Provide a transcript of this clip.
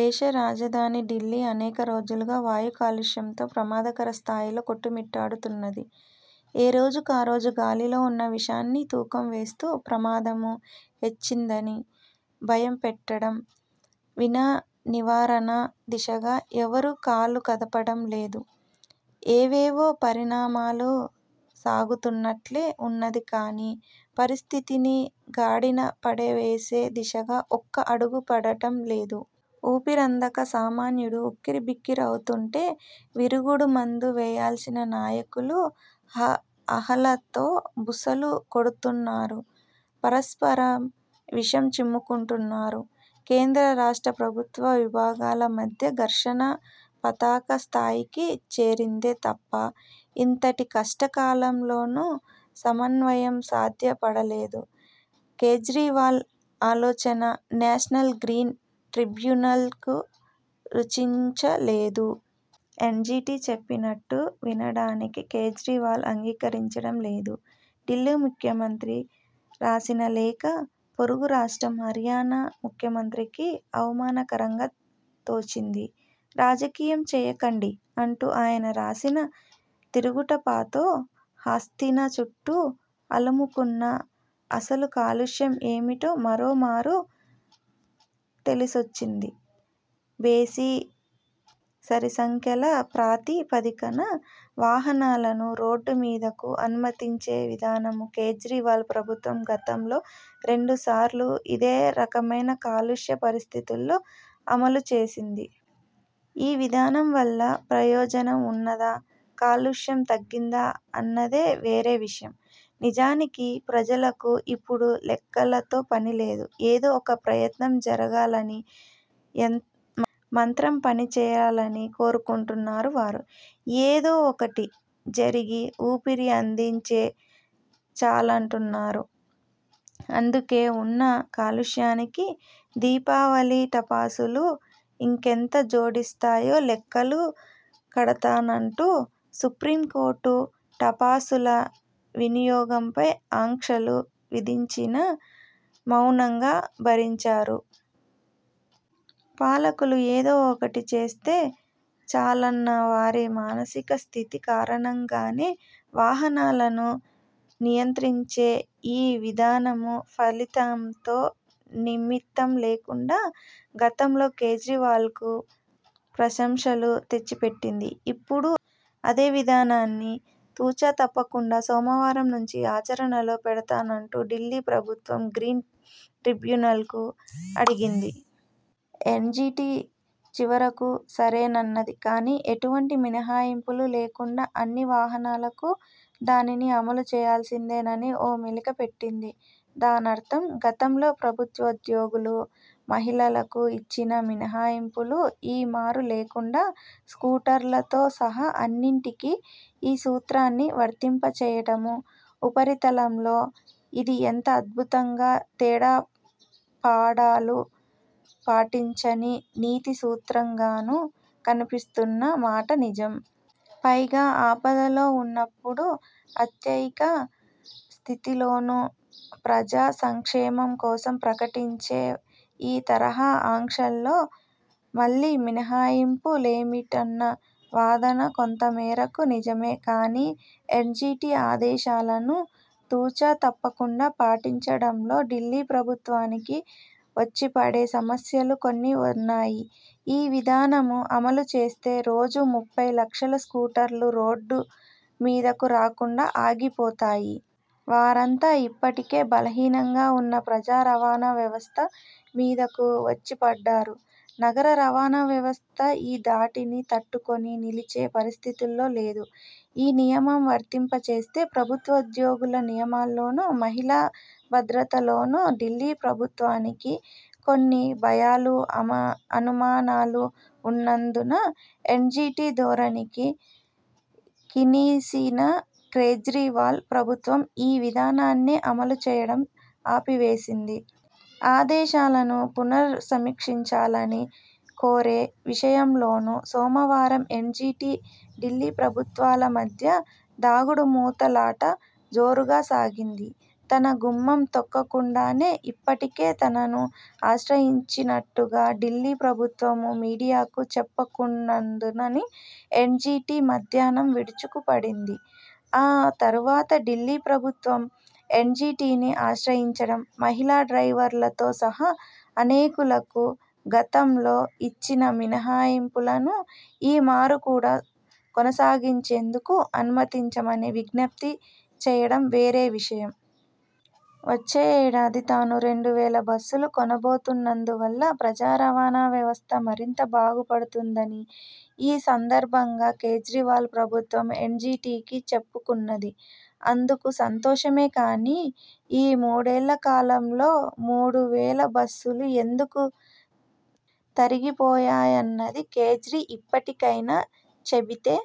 దేశ రాజధాని ఢిల్లీ అనేక రోజులుగా వాయు కాలుష్యంతో ప్రమాదకర స్థాయిలో కొట్టుమిట్టాడు తున్నది. ఏరోజుకారోజు గాలిలో ఉన్న విషాన్ని తూకం వేస్తూ, ప్రమాదము హెచ్చిందని భయం పెట్టడం వినా నివారణ దిశగా ఎవరూ కాలు కదపడం లేదు. ఏవేవో పరిణామాలు సాగుతున్నాట్లే ఉన్నది కానీ, పరిస్థితిని గాడిన పడవేసే దిశగా ఒక్క అడుగూ పడటం లేదు. ఊపిరందక సామాన్యుడు ఉక్కిరిబిక్కిరవుతుంటే, విరుగుడు మందు వేయాల్సిన నాయకులు హ అహాలతో బుసలు కొడుతున్నారు. పరస్పరం విషం చిమ్ముకుంటున్నారు. కేంద్ర, రాష్ట్ర ప్రభుత్వ విభాగాల మధ్య ఘర్షణ పతాక స్థాయికి చేరిందే తప్ప, ఇంతటి కష్ట కాలంలోనూ సమన్వయం సాధ్య పడలేదు. కేజ్రీవాల్ ఆలోచన నేషనల్ గ్రీన్ ట్రిబ్యునల్కు రుచించ లేదు. ఎన్జీటీ చెప్పినట్టు వినడానికి కేజ్రీవాల్ అంగీకరించడం లేదు. ఢిల్లీ ముఖ్యమంత్రి రాసిన లేఖ పొరుగు రాష్ట్రం హర్యానా ముఖ్యమంత్రికి అవమానకరంగా తోచింది. రాజకీయం చేయకండి అంటూ ఆయన రాసిన తిరుగుటపాతో హస్తిన చుట్టూ అలుముకున్న అసలు కాలుష్యం ఏమిటో మరో మారు తెలిసొచ్చింది. బేసి, సరి సంఖ్యల ప్రాతి పదికన వాహనాలను రోడ్డు మీదకు అనుమతించే విధానం కేజ్రీవాల్ ప్రభుత్వం గతంలో రెండు సార్లు ఇదే రకమైన కాలుష్య పరిస్థితుల్లో అమలుచేసింది. ఈ విధానం వల్ల ప్రయోజనం ఉన్నదా, కాలుష్యం తగ్గిందా అన్నదే వేరే విషయం. నిజానికి ప్రజలకు ఇప్పుడు లెక్కలతో పనిలేదు. ఏదో ఒక ప్రయత్నం జరగాలనీ, యంత్ర మంత్రం పని చేయాలనీ కోరుకుంటున్నారు వారు. ఏదో ఒకటి జరిగి ఊపిరి అందించే చాలంటున్నారు. అందుకే, ఉన్న కాలుష్యానికి దీపావళి టపాసులు ఇంకెంత జోడిస్తాయో లెక్కలు కడతానంటూ సుప్రీంకోర్టు టపాసుల వినియోగం పై ఆంక్షలు విధించినా మౌనంగా భరించారు. పాలకులు ఏదో ఒకటి చేస్తే చాలన్న వారి మానసిక స్థితి కారణంగానే, వాహనాలను నియంత్రించే ఈ విధానం ఫలితంతో నిమిత్తం లేకుండా గతంలో కేజ్రీవాల్కు ప్రశంసలు తెచ్చిపెట్టింది. ఇప్పుడూ అదే విధానాన్ని తూచ తప్పకుండా సోమవారం నుంచి ఆచరణలో పెడతానంటూ ఢిల్లీ ప్రభుత్వం గ్రీన్ ట్రిబ్యునల్కు అడిగింది. ఎన్జీటీ చివరకు సరేనన్నది కానీ, ఎటువంటి మినహాయింపులూ లేకుండా అన్నివాహనాలకు దానిని అమలు చేయాల్సిందేనని ఓ మెలిక పెట్టింది. దానర్థం గతంలో ప్రభుత్వోద్యోగులు, మహిళలకు ఇచ్చిన మినహాయింపులు ఈ మారు లేకుండా, స్కూటర్లతో సహా అన్నింటికీ ఈ సూత్రాన్ని వర్తింప చేయడం. ఉపరితలంలో ఇది ఎంతో అద్భుతంగా, తేడా పాడాలు పాటించని నీతి సూత్రంగానూ కనిపిస్తున్నమాట నిజం. పైగా ఆపదలో ఉన్నప్పుడూ, అత్యయిక స్థితిలోనూ ప్రజా సంక్షేమం కోసం ప్రకటించే ఈ తరహా ఆంక్షల్లో మళ్ళీ మినహాయింపు లేమిటన్న వాదన కొంతమేరకు నిజమే. కానీ, ఎన్జీటీ ఆదేశాలను తూచ తప్పకుండా పాటించడంలో ఢిల్లీ ప్రభుత్వానికి వచ్చిపడే సమస్యలు కొన్ని ఉన్నాయి. ఈ విధానం అమలు చేస్తే, రోజూ ముప్పై లక్షల స్కూటర్లు రోడ్డు మీదకు రాకుండా ఆగిపోతాయి. వారంతా ఇప్పటికే బలహీనంగా ఉన్న ప్రజా రవాణా వ్యవస్థ మీదకు వచ్చి పడ్డారు. నగర రవాణావ్యవస్థ ఈ దాడిని తట్టుకొని నిలిచే పరిస్థితిలో లేదు. ఈ నియమం వర్తింప చేస్తే ప్రభుత్వోద్యోగుల నియమా ల్లోనూ, మహిళా భద్రత లోనూ ఢిల్లీ ప్రభుత్వానికి కొన్ని భయాలూ అనుమానాలూ ఉన్నందున ఎన్జీటీ ధోరణికి కినిసిన కేజ్రీవాల్ ప్రభుత్వం ఈ విధానాన్నే అమలు చేయడం ఆపివేసింది. ఆదేశాలను పునఃసమీక్షించాలని కోరే విషయంలోనూ సోమవారం ఎన్జీటీ, ఢిల్లీ ప్రభుత్వాల మధ్య దాగుడు మూత లాట జోరుగా సాగింది. తన గుమ్మం తొక్కకుండానే ఇప్పటికే తనను ఆశ్రయించినట్టుగా ఢిల్లీ ప్రభుత్వం మీడియాకు చెప్పకున్నందునని ఎన్జీటీ మధ్యాహ్నం విరుచుకుపడింది. ఆ తరువాత ఢిల్లీ ప్రభుత్వం ఎన్జీటీని ఆశ్రయించడం, మహిళా డ్రైవర్లతో సహా అనేకులకు గతంలో ఇచ్చిన మినహాయింపులను ఈ మారు కూడా కొనసాగించేందుకు అనుమతించమని విజ్ఞప్తి చేయడం వేరే విషయం. వచ్చే ఏడాది తాను రెండు వేల బస్సులు కొనబోతున్నందువల్ల ప్రజారవాణా వ్యవస్థ మరింత బాగుపడుతుందని ఈ సందర్భంగా కేజ్రీవాల్ ప్రభుత్వం ఎన్జీటీకి చెప్పుకున్నది. అందుకు సంతోషమే కానీ, ఈ మూడేళ్ళ కాలంలో మూడువేల బస్సులు ఎందుకు తరిగిపోయాయన్నది కేజ్రీ ఇప్పటికైనా చెబితే